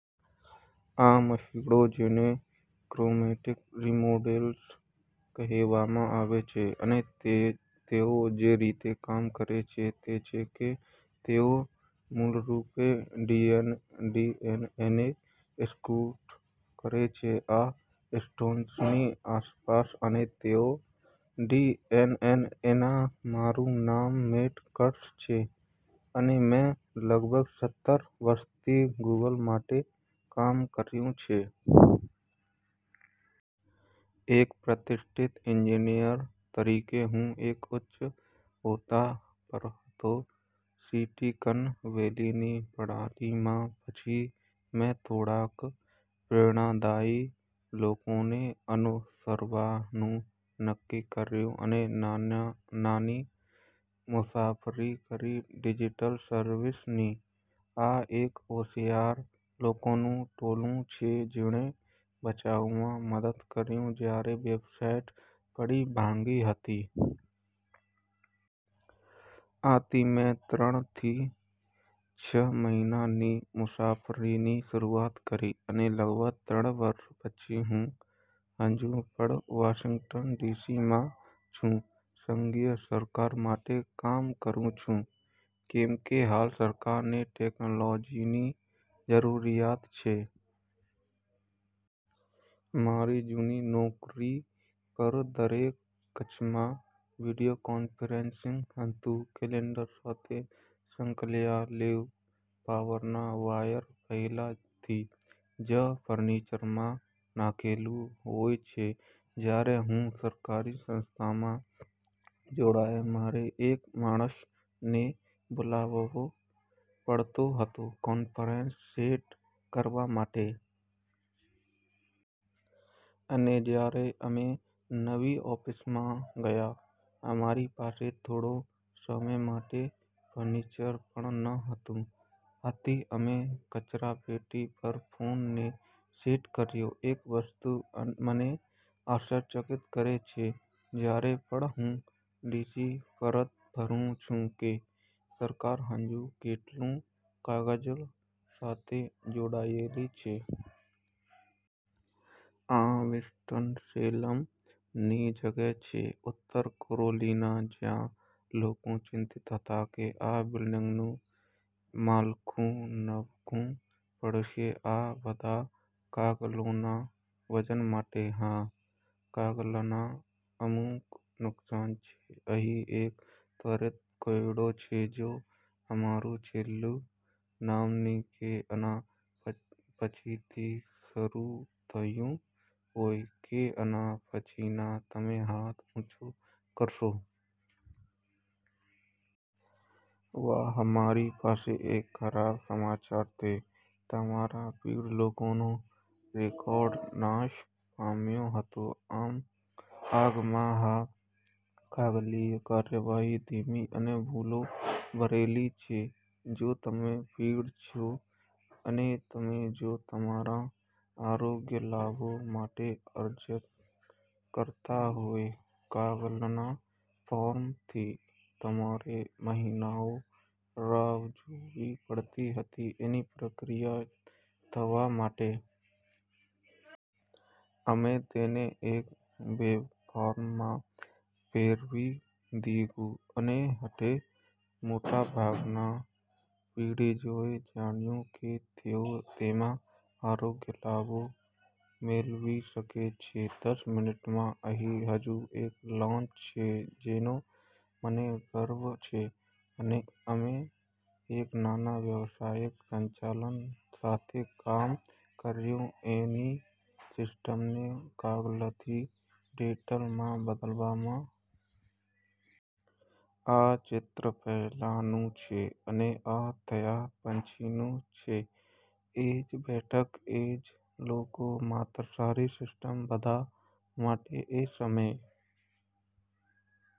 આ મશીનો જેને ક્રોમેટિન રિમોડેલર્સ કહેવામાં આવે છે, અને તેઓ જે રીતે કામ કરે છે તે છે કે તેઓ મૂળરૂપે ડીએનએને સ્કૂટ કરે છે આ હિસ્ટોન્સની આસપાસ અને તેઓ ડીએનએના। મારું નામ મેટ્ટ કટ્સ છે, અને મેં લગભગ સત્તર વર્ષથી ગુગલ માટે કામ કર્યું છે. એક પ્રતિષ્ઠિત એન્જીનીયર તરીકે, હું એક ઉચ્ચ હોદ્દા પર હતો સીલીકોન વેલીની પ્રણાલી માં. પછી મેં થોડાક પ્રેરણાદાયી લોકોને અનુસરવા નું નક્કી કર્યું અને નાની મુસાફરી કરી ડીજીટલ સર્વિસ ની. આ એક હોશિયાર લોકોનું ટોળું છે જેણે બચાવમાં મદદ કરી જયારે વેબસાઈટ પડી ભાંગી હતી. આથી મેં ત્રણ થી છ મહિના ની મુસાફરીની શરૂઆત કરી, અને લગભગ ત્રણ વર્ષ પછી, હું હજુ પણ વોશિંગ્ટન ડીસી માં છું, સંઘીય સરકાર માટે કામ કરું છું, કેમકે હાલ સરકાર ને ટેકનોલોજીની જરૂરીયાત છે. મારી જૂની નોકરી પર, દરેક કક્ષમાં વિડીયોકોન્ફરન્સીંગ હતું કેલેન્ડર સાથે સંકળાયેલુ, પાવરના વાયરો પેહલે થી જ ફર્નિચરમાં નાખેલું હોઈ છે. જયારે હું સરકારી સંસ્થામાં જોડાયો, મારે એક માણસ ને બોલાવવો પડતો હતો ફોન કોન્ફરન્સ સેટ કરવા માટે. અને જયારે અમે નવી ઓફીસ માં ગયા, અમારી પાસે થોડો સમય માટે ફર્નિચર પણ ન હતું, આથી અમે કચરા પેટી પર ફોન ને સેટ કર્યો. એક વસ્તુ મને આશ્ચર્યચકિત કરે છે, જયારે પણ હું ડીસી પરત ફરું છું, કે સરકાર હજુ કેટલું કાગળ સાથે જોડાયેલી છે. આ વિન્સ્ટન-સેલમ ની જગ્યા છે, ઉત્તર કોરોલીના, જ્યાં લોકો ચિંતિત હતા કે આ બિલ્ડીંગનું માળખું નબળું પડશે આ બધા કાગળોના વજન માટે. હા. કાગળના અમુક નુકસાન છે. અહી એક ત્વરિત કોયડો છે: જો તમારું છેલું નાં, કે એના પછીથી શરુ થતું હોય, કે એના પછીના, તમે હાથ ઉચો કરશો? વાહ. મારી પાસે એક ખરાબ સમાચાર છે: તમારા પીઢ લોકોનો રેકોર્ડ નાશ પામ્યો હતો આગ માં. હા, કાગળીય કાર્યવાહી ધીમી અને ભૂલો ભરેલી છે. જો તમે પીઢ છો અને તમે જો તમારા આરોગ્ય લાભો માટે અરજી કરતા હોય કાગળના ફોર્મ થી, તમારે મહિનાઓ રાહ જોવી પડતી હતી એની પ્રક્રિયા થવા માટે. અમે તેને એક વેબફોર્મ માં ફેરવી દીધું, અને હવે મોટાભાગના પીઢોએ જાણ્યું કે તેઓ તેમના આરોગ્ય લાભો મેળવી શકે છે દસ મિનીટમાં. અહી હજુ એક લોન્ચ છે જેનો મને ગર્વ છે. અમે એક નાના વ્યાવસાયિક સંચાલન સાથે કામ કર્યુ એમની સીસ્ટમને કાગળથી ડીજીટલ માં બદલવા માં. આ ચિત્ર પેહલાનું છે, અને આ થયા પછીનું છે. એજ બેઠક, એજ લોકો, માત્ર સારી સીસ્ટમ બધા માટે. એ સમયે,